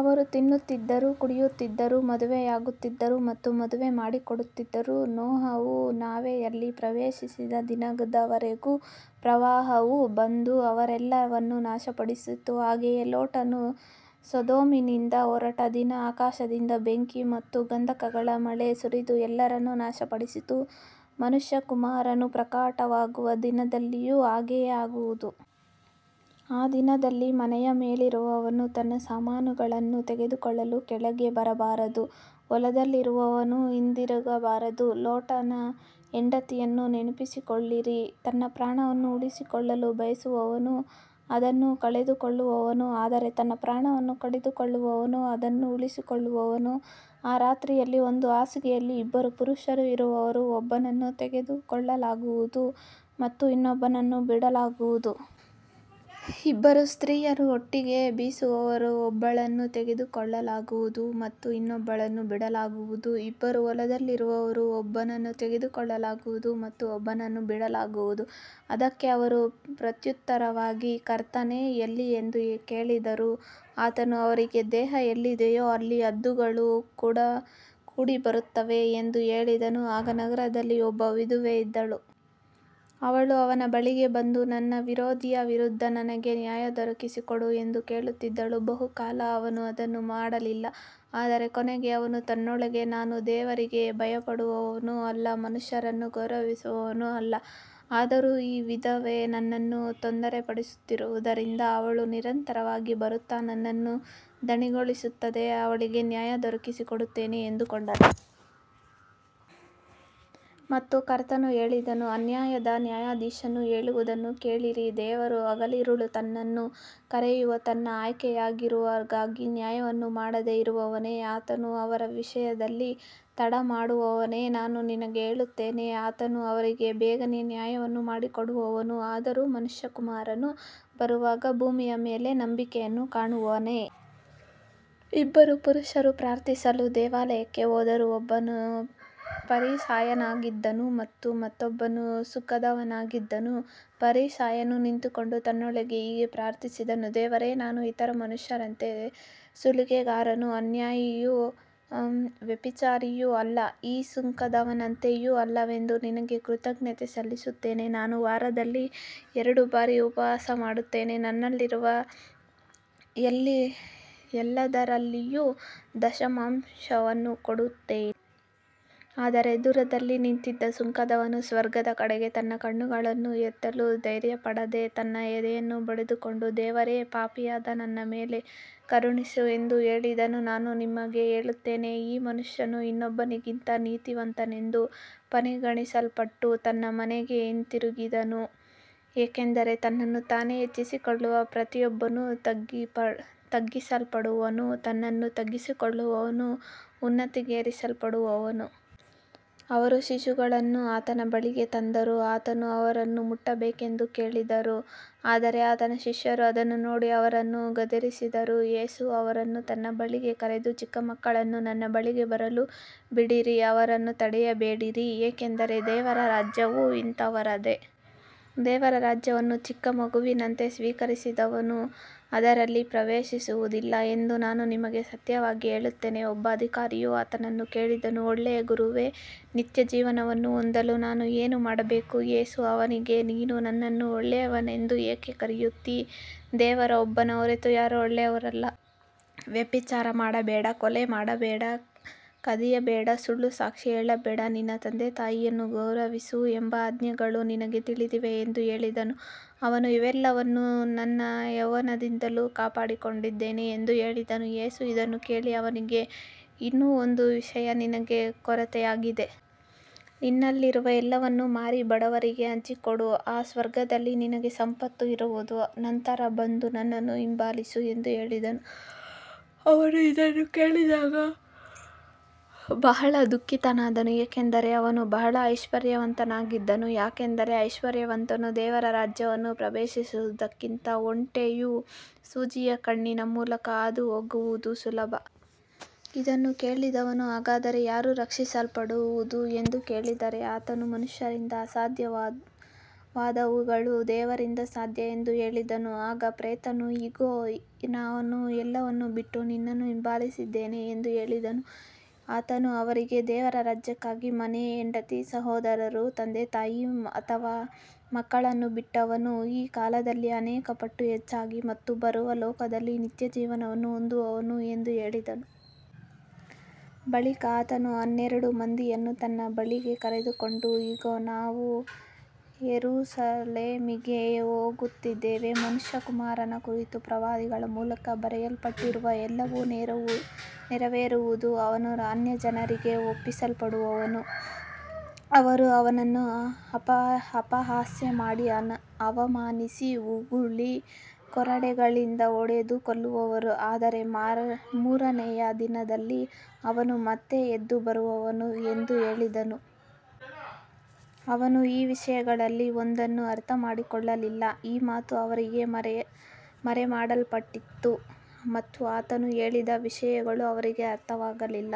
ಅವರು ತಿನ್ನುತ್ತಿದ್ದರು, ಕುಡಿಯುತ್ತಿದ್ದರು, ಮದುವೆಯಾಗುತ್ತಿದ್ದರು ಮತ್ತು ಮದುವೆ ಮಾಡಿಕೊಡುತ್ತಿದ್ದರು, ನೋಹನು ನಾವೆಯಲ್ಲಿ ಪ್ರವೇಶಿಸಿದ ದಿನದವರೆಗೂ ಪ್ರವಾಹವು ಬಂದು ಅವರೆಲ್ಲರನ್ನೂ ನಾಶಮಾಡಿತು. ಹಾಗೆಯೇ ಲೋಟನು ಸೊದೋಮಿನಿಂದ ಹೊರಟ ದಿನ ಆಕಾಶದಿಂದ ಬೆಂಕಿ ಮತ್ತು ಗಂಧಕಗಳ ಮಳೆ ಸುರಿದು ಎಲ್ಲರನ್ನೂ ನಾಶಮಾಡಿತು. ಮನುಷ್ಯಕುಮಾರನು ಪ್ರಕಟವಾಗುವ ದಿನದಲ್ಲಿಯೂ ಹಾಗೆಯೇ ಆಗುವುದು. ಆ ದಿನದಲ್ಲಿ ಮನೆಯ ಮೇಲಿರುವವನು ತನ್ನ ಸಾಮಾನುಗಳನ್ನು ತೆಗೆದುಕೊಳ್ಳಲು ಕೆಳಗೆ ಬರಬಾರದು, ಹೊಲದಲ್ಲಿರುವವನು ಹಿಂದಿರುಗಬಾರದು. ಲೋಟನ ಹೆಂಡತಿಯನ್ನು ನೆನಪಿಸಿಕೊಳ್ಳಿರಿ. ತನ್ನ ಪ್ರಾಣವನ್ನು ಉಳಿಸಿಕೊಳ್ಳಲು ಬಯಸುವವನು ಅದನ್ನು ಕಳೆದುಕೊಳ್ಳುವನು, ಆದರೆ ತನ್ನ ಪ್ರಾಣವನ್ನು ಕಳೆದುಕೊಳ್ಳುವವನು ಅದನ್ನು ಉಳಿಸಿಕೊಳ್ಳುವನು. ಆ ರಾತ್ರಿಯಲ್ಲಿ ಒಂದು ಹಾಸಿಗೆಯಲ್ಲಿ ಇಬ್ಬರು ಪುರುಷರು ಇರುವರು, ಒಬ್ಬನನ್ನು ತೆಗೆದುಕೊಳ್ಳಲಾಗುವುದು ಮತ್ತು ಇನ್ನೊಬ್ಬನನ್ನು ಬಿಡಲಾಗುವುದು. ಇಬ್ಬರು ಸ್ತ್ರೀಯರು ಒಟ್ಟಿಗೆ ಬೀಸುವರು, ಒಬ್ಬಳನ್ನು ತೆಗೆದುಕೊಳ್ಳಲಾಗುವುದು ಮತ್ತು ಇನ್ನೊಬ್ಬಳನ್ನು ಬಿಡಲಾಗುವುದು. ಇಬ್ಬರು ಹೊಲದಲ್ಲಿರುವರು, ಒಬ್ಬನನ್ನು ತೆಗೆದುಕೊಳ್ಳಲಾಗುವುದು ಮತ್ತು ಇನ್ನೊಬ್ಬನನ್ನು ಬಿಡಲಾಗುವುದು. ಅದಕ್ಕೆ ಅವರು ಪ್ರತ್ಯುತ್ತರವಾಗಿ, ಕರ್ತನೇ, ಎಲ್ಲಿ ಎಂದು ಕೇಳಿದರು. ಆತನು ಅವರಿಗೆ, ದೇಹ ಎಲ್ಲಿದೆಯೋ ಅಲ್ಲಿ ಹದ್ದುಗಳು ಕೂಡಿಬರುತ್ತವೆ ಎಂದು ಹೇಳಿದನು. ಆ ನಗರದಲ್ಲಿ ಒಬ್ಬ ವಿಧವೆ ಇದ್ದಳು. ಅವಳು ಅವನ ಬಳಿಗೆ ಬಂದು, ನನ್ನ ವಿರೋಧಿಯ ವಿರುದ್ಧ ನನಗೆ ನ್ಯಾಯ ದೊರಕಿಸಿಕೊಡು ಎಂದು ಕೇಳುತ್ತಿದ್ದಳು. ಬಹುಕಾಲ ಅವನು ಅದನ್ನು ಮಾಡಲಿಲ್ಲ. ಆದರೆ ಕೊನೆಗೆ ಅವನು ತನ್ನೊಳಗೆ, ನಾನು ದೇವರಿಗೆ ಭಯಪಡುವವನೂ ಅಲ್ಲ, ಮನುಷ್ಯರನ್ನು ಗೌರವಿಸುವವನೂ ಅಲ್ಲ. ಆದರೂ ಈ ವಿಧವೆ ನನ್ನನ್ನು ತೊಂದರೆಪಡಿಸುತ್ತಿರುವುದರಿಂದ, ಅವಳು ನಿರಂತರವಾಗಿ ಬರುತ್ತಾ ನನ್ನನ್ನು ದಣಿಗೊಳಿಸದಂತೆ ಅವಳಿಗೆ ನ್ಯಾಯ ದೊರಕಿಸಿಕೊಡುತ್ತೇನೆ ಎಂದುಕೊಂಡನು. ಮತ್ತು ಕರ್ತನು ಹೇಳಿದನು, ಅನ್ಯಾಯದ ನ್ಯಾಯಾಧೀಶನು ಹೇಳುವುದನ್ನು ಕೇಳಿರಿ. ದೇವರು ಹಗಲಿರುಳು ತನ್ನನ್ನು ಕರೆಯುವ ತನ್ನ ಆಯ್ಕೆಯವರಿಗಾಗಿ ನ್ಯಾಯವನ್ನು ಮಾಡದೆ ಇರುವನೇ. ಆತನು ಅವರ ವಿಷಯದಲ್ಲಿ ತಡಮಾಡುವನೇ. ನಾನು ನಿಮಗೆ ಹೇಳುತ್ತೇನೆ, ಆತನು ಅವರಿಗೆ ಬೇಗನೆ ನ್ಯಾಯವನ್ನು ಮಾಡಿಕೊಡುವನು. ಆದರೂ ಮನುಷ್ಯಕುಮಾರನು ಬರುವಾಗ ಭೂಮಿಯ ಮೇಲೆ ನಂಬಿಕೆಯನ್ನು ಕಾಣುವನೇ. ಇಬ್ಬರು ಪುರುಷರು ಪ್ರಾರ್ಥಿಸಲು ದೇವಾಲಯಕ್ಕೆ ಹೋದರು, ಒಬ್ಬನು ಫರಿಸಾಯನಾಗಿದ್ದನು ಮತ್ತು ಮತ್ತೊಬ್ಬನು ಸುಂಕದವನಾಗಿದ್ದನು. ಫರಿಸಾಯನು ನಿಂತುಕೊಂಡು ತನ್ನೊಳಗೆ ಹೀಗೆ ಪ್ರಾರ್ಥಿಸಿದನು, ದೇವರೇ, ನಾನು ಇತರ ಮನುಷ್ಯರಂತೆ ಸುಲಿಗೆಗಾರನೂ ಅನ್ಯಾಯಿಯೂ ವ್ಯಭಿಚಾರಿಯೂ ಅಲ್ಲ, ಈ ಸುಂಕದವನಂತೆಯೂ ಅಲ್ಲವೆಂದು ನಿನಗೆ ಕೃತಜ್ಞತೆ ಸಲ್ಲಿಸುತ್ತೇನೆ. ನಾನು ವಾರದಲ್ಲಿ ಎರಡು ಬಾರಿ ಉಪವಾಸ ಮಾಡುತ್ತೇನೆ, ನನ್ನಲ್ಲಿರುವ ಎಲ್ಲದರಲ್ಲಿಯೂ ದಶಮಾಂಶವನ್ನು ಕೊಡುತ್ತೇನೆ. ಆದರೆ ದೂರದಲ್ಲಿ ನಿಂತಿದ್ದ ಸುಂಕದವನು ಸ್ವರ್ಗದ ಕಡೆಗೆ ತನ್ನ ಕಣ್ಣುಗಳನ್ನು ಎತ್ತಲೂ ಧೈರ್ಯಪಡದೆ, ತನ್ನ ಎದೆಯನ್ನು ಬಡಿದುಕೊಂಡು, ದೇವರೇ, ಪಾಪಿಯಾದ ನನ್ನ ಮೇಲೆ ಕರುಣಿಸು ಎಂದು ಹೇಳಿದನು. ನಾನು ನಿಮಗೆ ಹೇಳುತ್ತೇನೆ, ಈ ಮನುಷ್ಯನು ಇನ್ನೊಬ್ಬನಿಗಿಂತ ನೀತಿವಂತನೆಂದು ಪರಿಗಣಿಸಲ್ಪಟ್ಟು ತನ್ನ ಮನೆಗೆ ಹಿಂತಿರುಗಿದನು. ಏಕೆಂದರೆ ತನ್ನನ್ನು ತಾನೇ ಹೆಚ್ಚಿಸಿಕೊಳ್ಳುವ ಪ್ರತಿಯೊಬ್ಬನು ತಗ್ಗಿಸಲ್ಪಡುವನು, ತನ್ನನ್ನು ತಗ್ಗಿಸಿಕೊಳ್ಳುವವನು ಉನ್ನತಿಗೇರಿಸಲ್ಪಡುವನು. ಅವರು ಶಿಶುಗಳನ್ನೂ ಆತನ ಬಳಿಗೆ ತಂದರು, ಆತನು ಅವರನ್ನು ಮುಟ್ಟಬೇಕೆಂದು ಕೇಳಿದರು. ಆದರೆ ಆತನ ಶಿಷ್ಯರು ಅದನ್ನು ನೋಡಿ ಅವರನ್ನು ಗದರಿಸಿದರು. ಯೇಸು ಅವರನ್ನು ತನ್ನ ಬಳಿಗೆ ಕರೆದು, ಚಿಕ್ಕ ಮಕ್ಕಳನ್ನು ನನ್ನ ಬಳಿಗೆ ಬರಲು ಬಿಡಿರಿ, ಅವರನ್ನು ತಡೆಯಬೇಡಿರಿ, ಏಕೆಂದರೆ ದೇವರ ರಾಜ್ಯವು ಇಂಥವರದೇ. ದೇವರ ರಾಜ್ಯವನ್ನು ಚಿಕ್ಕ ಮಗುವಿನಂತೆ ಸ್ವೀಕರಿಸದವನು ಅದರಲ್ಲಿ ಪ್ರವೇಶಿಸುವುದಿಲ್ಲ ಎಂದು ನಾನು ನಿಮಗೆ ಸತ್ಯವಾಗಿ ಹೇಳುತ್ತೇನೆ. ಒಬ್ಬ ಅಧಿಕಾರಿಯು ಆತನನ್ನು ಕೇಳಿದನು, ಒಳ್ಳೆಯ ಗುರುವೇ, ನಿತ್ಯಜೀವವನ್ನು ಹೊಂದಲು ನಾನು ಏನು ಮಾಡಬೇಕು. ಯೇಸು ಅವನಿಗೆ, ನೀನು ನನ್ನನ್ನು ಒಳ್ಳೆಯವನೆಂದು ಏಕೆ ಕರೆಯುತ್ತೀ. ದೇವರು ಒಬ್ಬನ ಹೊರತು ಯಾರೂ ಒಳ್ಳೆಯವರಲ್ಲ. ವ್ಯಭಿಚಾರ ಮಾಡಬೇಡ, ಕೊಲೆ ಮಾಡಬೇಡ, ಕದಿಯಬೇಡ, ಸುಳ್ಳು ಸಾಕ್ಷಿ ಹೇಳಬೇಡ, ನಿನ್ನ ತಂದೆತಾಯಿಯನ್ನು ಗೌರವಿಸು ಎಂಬ ಆಜ್ಞೆಗಳು ನಿನಗೆ ತಿಳಿದಿವೆ ಎಂದು ಹೇಳಿದನು. ಅವನು, ಇವೆಲ್ಲವನ್ನೂ ನನ್ನ ಯೌವನದಿಂದಲೂ ಕಾಪಾಡಿಕೊಂಡಿದ್ದೇನೆ ಎಂದು ಹೇಳಿದನು. ಯೇಸು ಇದನ್ನು ಕೇಳಿ ಅವನಿಗೆ, ಇನ್ನೂ ಒಂದು ವಿಷಯ ನಿನಗೆ ಕೊರತೆಯಾಗಿದೆ. ನಿನ್ನಲ್ಲಿರುವ ಎಲ್ಲವನ್ನೂ ಮಾರಿ ಬಡವರಿಗೆ ಹಂಚಿಕೊಡು, ಆಗ ಸ್ವರ್ಗದಲ್ಲಿ ನಿನಗೆ ಸಂಪತ್ತು ಇರುವುದು. ನಂತರ ಬಂದು ನನ್ನನ್ನು ಹಿಂಬಾಲಿಸು ಎಂದು ಹೇಳಿದನು. ಅವನು ಇದನ್ನು ಕೇಳಿದಾಗ ಬಹಳ ದುಃಖಿತನಾದನು, ಏಕೆಂದರೆ ಅವನು ಬಹಳ ಐಶ್ವರ್ಯವಂತನಾಗಿದ್ದನು. ಯಾಕಂದರೆ ಐಶ್ವರ್ಯವಂತನು ದೇವರ ರಾಜ್ಯವನ್ನು ಪ್ರವೇಶಿಸುವುದಕ್ಕಿಂತ ಒಂಟೆಯು ಸೂಜಿಯ ಕಣ್ಣಿನ ಮೂಲಕ ಹಾದುಹೋಗುವುದು ಸುಲಭ. ಇದನ್ನು ಕೇಳಿದವರು, ಹಾಗಾದರೆ ಯಾರು ರಕ್ಷಿಸಲ್ಪಡಬಹುದು ಎಂದು ಕೇಳಿದರು. ಆತನು, ಮನುಷ್ಯರಿಂದ ಅಸಾಧ್ಯವಾದವುಗಳು ದೇವರಿಂದ ಸಾಧ್ಯ ಎಂದು ಹೇಳಿದನು. ಆಗ ಪೇತ್ರನು, ಇಗೋ, ನಾವು ಎಲ್ಲವನ್ನೂ ಬಿಟ್ಟು ನಿನ್ನನ್ನು ಹಿಂಬಾಲಿಸಿದ್ದೇವೆ ಎಂದು ಹೇಳಿದನು. ಆತನು ಅವರಿಗೆ, ದೇವರ ರಾಜ್ಯಕ್ಕಾಗಿ ಮನೆ, ಹೆಂಡತಿ, ಸಹೋದರರು, ತಂದೆತಾಯಿ ಅಥವಾ ಮಕ್ಕಳನ್ನು ಬಿಟ್ಟವನು ಈ ಕಾಲದಲ್ಲಿ ಅನೇಕ ಪಟ್ಟು ಹೆಚ್ಚಾಗಿ ಮತ್ತು ಬರುವ ಲೋಕದಲ್ಲಿ ನಿತ್ಯಜೀವವನ್ನು ಹೊಂದುವನು ಎಂದು ಹೇಳಿದನು. ಬಳಿಕ ಆತನು ಹನ್ನೆರಡು ಮಂದಿಯನ್ನು ತನ್ನ ಬಳಿಗೆ ಕರೆದುಕೊಂಡು, ಇಗೋ, ನಾವು ಯೆರೂಸಲೇಮಿಗೆ ಹೋಗುತ್ತಿದ್ದೇವೆ. ಮನುಷ್ಯಕುಮಾರನ ಕುರಿತು ಪ್ರವಾದಿಗಳ ಮೂಲಕ ಬರೆಯಲ್ಪಟ್ಟಿರುವ ಎಲ್ಲವೂ ನೆರವೇರುವುದು. ಅವನು ಅನ್ಯಜನರಿಗೆ ಒಪ್ಪಿಸಲ್ಪಡುವನು, ಅವರು ಅವನನ್ನು ಅಪಹಾಸ್ಯ ಮಾಡಿ ಅವಮಾನಿಸಿ ಉಗುಳಿ, ಕೊರಡೆಗಳಿಂದ ಹೊಡೆದು ಕೊಲ್ಲುವರು, ಆದರೆ ಮೂರನೆಯ ದಿನದಲ್ಲಿ ಅವನು ಮತ್ತೆ ಎದ್ದುಬರುವನು ಎಂದು ಹೇಳಿದನು. ಅವರು ಈ ವಿಷಯಗಳಲ್ಲಿ ಒಂದನ್ನೂ ಅರ್ಥಮಾಡಿಕೊಳ್ಳಲಿಲ್ಲ. ಈ ಮಾತು ಅವರಿಗೆ ಮರೆಮಾಡಲ್ಪಟ್ಟಿತ್ತು ಮತ್ತು ಆತನು ಹೇಳಿದ ವಿಷಯಗಳು ಅವರಿಗೆ ಅರ್ಥವಾಗಲಿಲ್ಲ.